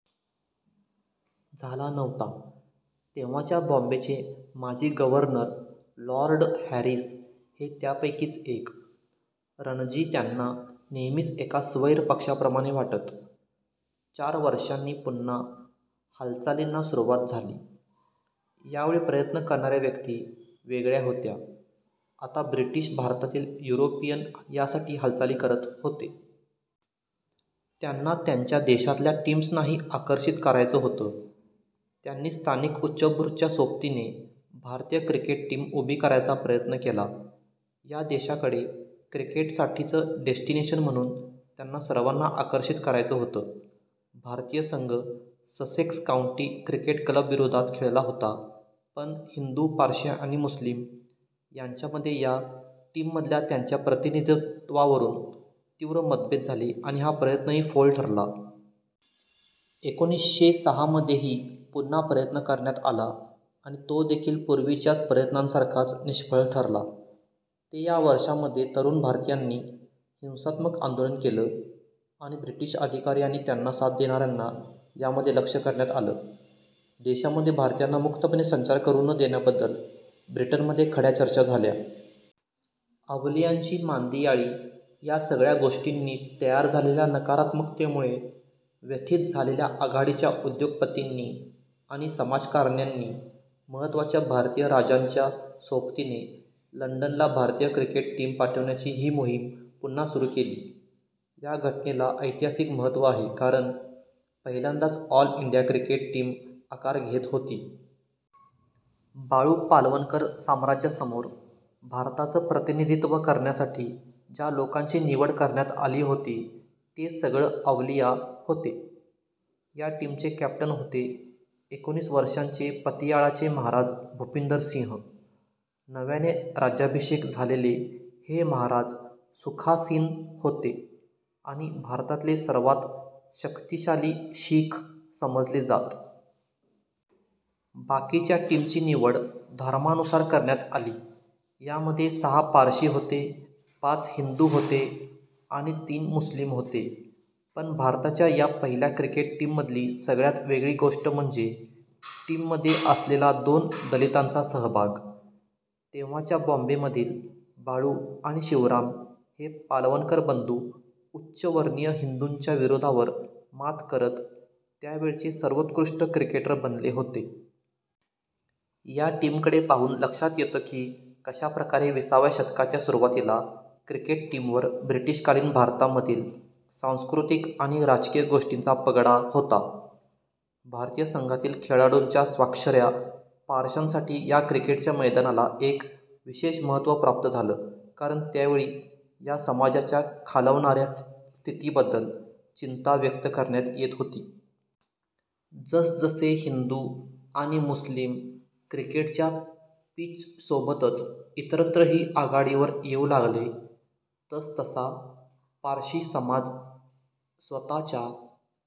झाला नव्हता. तेव्हाच्या बॉम्बेचे माजी गव्हर्नर लॉर्ड हॅरिस हे त्यापैकीच एक. रणजी त्यांना नेहमीच एका स्वैर पक्ष्याप्रमाणे वाटत. चार वर्षांनी पुन्हा हालचालींना सुरुवात झाली. यावेळी प्रयत्न करणाऱ्या व्यक्ती वेगळ्या होत्या. आता ब्रिटिश भारतातील युरोपियन यासाठी हालचाली करत होते. त्यांना त्यांच्या देशांतल्या टीम्सनाही आकर्षित करायचं होतं. त्यांनी स्थानिक उच्चभ्रूच्या सोबतीने भारतीय क्रिकेट टीम उभी करायचा प्रयत्न केला. या देशाकडे क्रिकेटसाठीचं डेस्टिनेशन म्हणून त्यांना सर्वांना आकर्षित करायचं होतं. भारतीय संघ ससेक्स काऊंटी क्रिकेट क्लबविरोधात खेळला होता पण हिंदू, पारशी आणि मुस्लीम यांच्यामध्ये या टीममधल्या त्यांच्या प्रतिनिधित्वावरून तीव्र मतभेद झाले आणि हा प्रयत्नही फोल ठरला. एकोणीसशे सहामध्येही पुन्हा प्रयत्न करण्यात आला आणि तो देखील पूर्वीच्याच प्रयत्नांसारखाच निष्फळ ठरला. ते या वर्षांमध्ये तरूण भारतीयांनी हिंसात्मक आंदोलनं केलं आणि ब्रिटिश अधिकारी आणि त्यांना साथ देणाऱ्यांना यामध्ये लक्ष करण्यात आलं. देशामध्ये भारतीयांना मुक्तपणे संचार करू न देण्याबद्दल ब्रिटनमध्ये खड्या चर्चा झाल्या. अवलियांची मांदियाळी या सगळ्या गोष्टींनी तयार झालेल्या नकारात्मकतेमुळे व्यथित झालेल्या आघाडीच्या उद्योगपतींनी आणि समाजकारण्यांनी, महत्त्वाच्या भारतीय राजांच्या सोबतीने लंडनला भारतीय क्रिकेट टीम पाठवण्याची ही मोहीम पुन्हा सुरू केली. या घटनेला ऐतिहासिक महत्त्व आहे कारण पहिल्यांदाच ऑल इंडिया क्रिकेट टीम आकार घेत होती. बाळू पालवणकर साम्राज्यासमोर भारताचं प्रतिनिधित्व करण्यासाठी ज्या लोकांची निवड करण्यात आली होती, ते सगळं अवलिया होते. या टीमचे कॅप्टन होते एकोणीस वर्षांचे पतियाळाचे महाराज भूपिंदर सिंह. नव्याने राज्याभिषेक झालेले हे महाराज सुखासीन होते आणि भारतातले सर्वांत शक्तीशाली शीख समजले जात. बाकीच्या टीमची निवड धर्मानुसार करण्यात आली. यामध्ये सहा पारशी होते, पाच हिंदू होते आणि तीन मुस्लीम होते. पण भारताच्या या पहिल्या क्रिकेट टीममधली सगळ्यांत वेगळी गोष्ट म्हणजे टीममध्ये असलेला दोन दलितांचा सहभाग. तेव्हाच्या बॉम्बेमधील बाळू आणि शिवराम हे पालवणकर बंधू उच्चवर्णीय हिंदूंच्या विरोधावर मात करत त्यावेळचे सर्वोत्कृष्ट क्रिकेटर बनले होते. या टीमकडे पाहून लक्षात येतं की कशाप्रकारे वीसाव्या शतकाच्या सुरुवातीला क्रिकेट टीमवर ब्रिटिशकालीन भारतामधील सांस्कृतिक आणि राजकीय गोष्टींचा पगडा होता. भारतीय संघातील खेळाडूंच्या स्वाक्षऱ्या पारशांसाठी या क्रिकेटच्या मैदानाला एक विशेष महत्त्व प्राप्त झालं कारण त्यावेळी या समाजाच्या खालवणाऱ्या स्थितीबद्दल चिंता व्यक्त करण्यात येत होती. जसजसे हिंदू आणि मुस्लीम क्रिकेटच्या पिचसोबतच इतरत्रही आघाडीवर येऊ लागले, तसतसा पारशी समाज स्वतःच्या